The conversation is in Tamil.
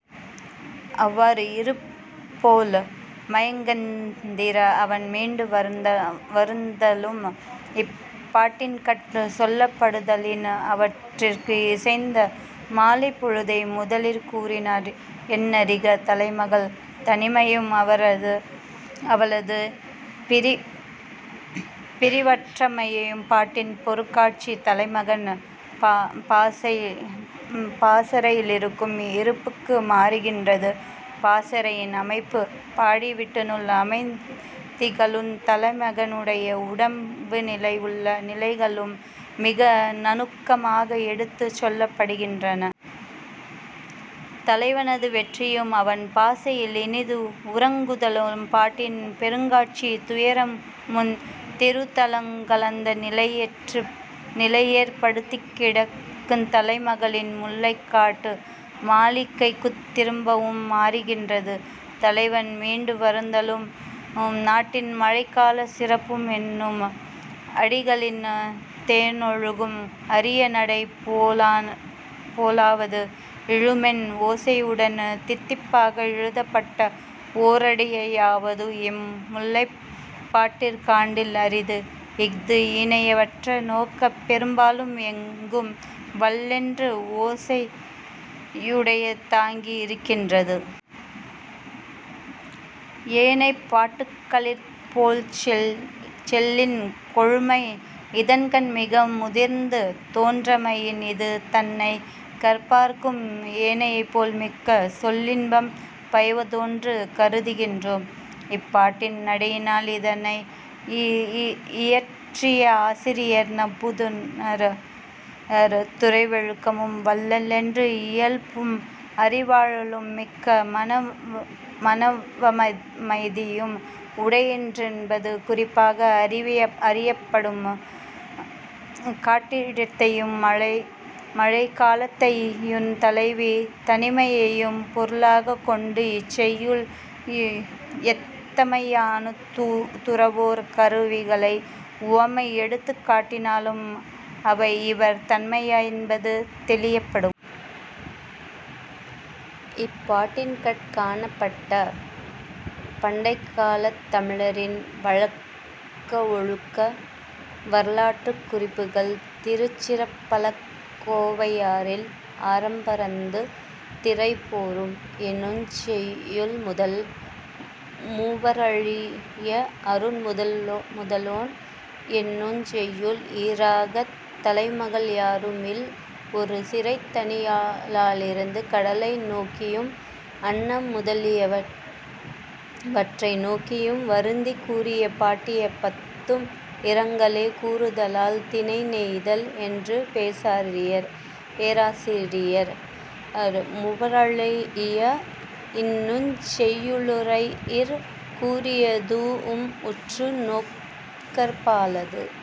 அவ்வாறு இருப்போள் மயக்கந்தீர அவன் மீண்டு வருதலும் இப்பாட்டின்கட் சொல்லப்படுதலின், அவற்றிற்கு இசைந்த மாலைப்பொழுதை முதலிற் கூறினார் என்றறிக. தலைமகள் தனிமையும் அவளது பிரிவாற்றாமையும் பாட்டின் பொருட்காட்சி தலைமகன் பாசறையிலிருக்கும் இருப்புக்கு மாறுகின்றது; பாசறையின் அமைப்பு பாடிவீட்டினுள் அமைதிகளுந், தலைமகனுடைய உடம்புநிலை உள்ள நிலைகளும் மிக நுணுக்கமாக எடுத்துச் சொல்லப்படுகின்றன. தலைவனது வெற்றியும், அவன் பாசறையில் இனிது உறங்குதலும் பாட்டின் பொருட்காட்சி துயரமுந் தேறுதலுங் கலந்த நிலையிற் படுத்துக் கிடக்குந் தலைமகளின் முல்லைக்காட்டு மாளிகைக்குத் திரும்பவும் மாறுகின்றது. தலைவன் மீண்டு வருதலு, ம், நாட்டின் மழைக்காலச் சிறப்பும் என்னும் அடிகளின் தேனொழுகும் அரியநடை போலாவது, மதுரைக்காஞ்சியிற் போந்த, என்னும் அடிகளின் தேனொழுகும் அரியநடை போலாவது இழுமென் ஓசையுடன் தித்திப்பாக எழுதப்பட்ட ஓரடியையாவது இம் முல்லைப்பாட்டிற் காண்டல் அரிது; இ·து ஏனையவற்றை நோக்கப் பெரும்பாலும் எங்கும் வல்லென்ற ஓசையுடையதாயிருக்கின்றது. ஏனைப் பாட்டுக்களிற் போலச் சொல்லின் கொழுமை இதன்கண் மிக முதிர்ந்து தோன்றாமையின், இது தன்னைக் கற்பார்க்கு ஏனையபோல் மிக்க சொல்லின்பம் பயவாதென்று கருதுகின்றோம். இப்பாட்டின் நடையினால் இதனை யியற்றிய ஆசிரியர் நப்பூதனார் துறவொழுக்கமும், வல்லென்ற இயல்பும், அறிவாழமும், மிக்க மனவமைதியும் உடையரென்பது குறிப்பாக அறியப்படும்; காட்டிடத்தையும், மழை காலத்தையுந், தலைவி தனிமையையும் பொருளாகக் கொண்டு இச்செய்யுள் யத்தமையானுந், துறவோர் கருவிகளை உவமை எடுத்துக்காட்டுதலானும் அவையே இவர் தன்மையாமென்பது தெளியப்படும். இப்பாட்டின்கட் காணப்பட்ட பண்டைக்காலத் தமிழரின் வழக்கவொழுக்க வரலாற்றுக் குறிப்புகள் திருச்சிற்றம்பலக் கோவையாரில், "ஆரம்பரந்து திரைபொரும்" என்னுஞ் செய்யுள்முதல் "மூவறழீஇய அருண்முதலோன்" என்னுஞ் செய்யுள் ஈறாகத் தலைமகள் யாரும் இல் ஒரு சிறைத் தனியளாயிருந்து கடலை நோக்கியும் அன்னம் முதலியவற்றை நோக்கியும் வருந்திக் கூறிய பாட்டுப் பத்தும் இரங்கலே கூறுதலால் 'திணைநெய்தல்' என்று பேராசிரியர் "மூவறழீஇய" என்னுஞ் செய்யுளுரையிற் கூறியதூஉம் உற்று நோக்கற்பாலது.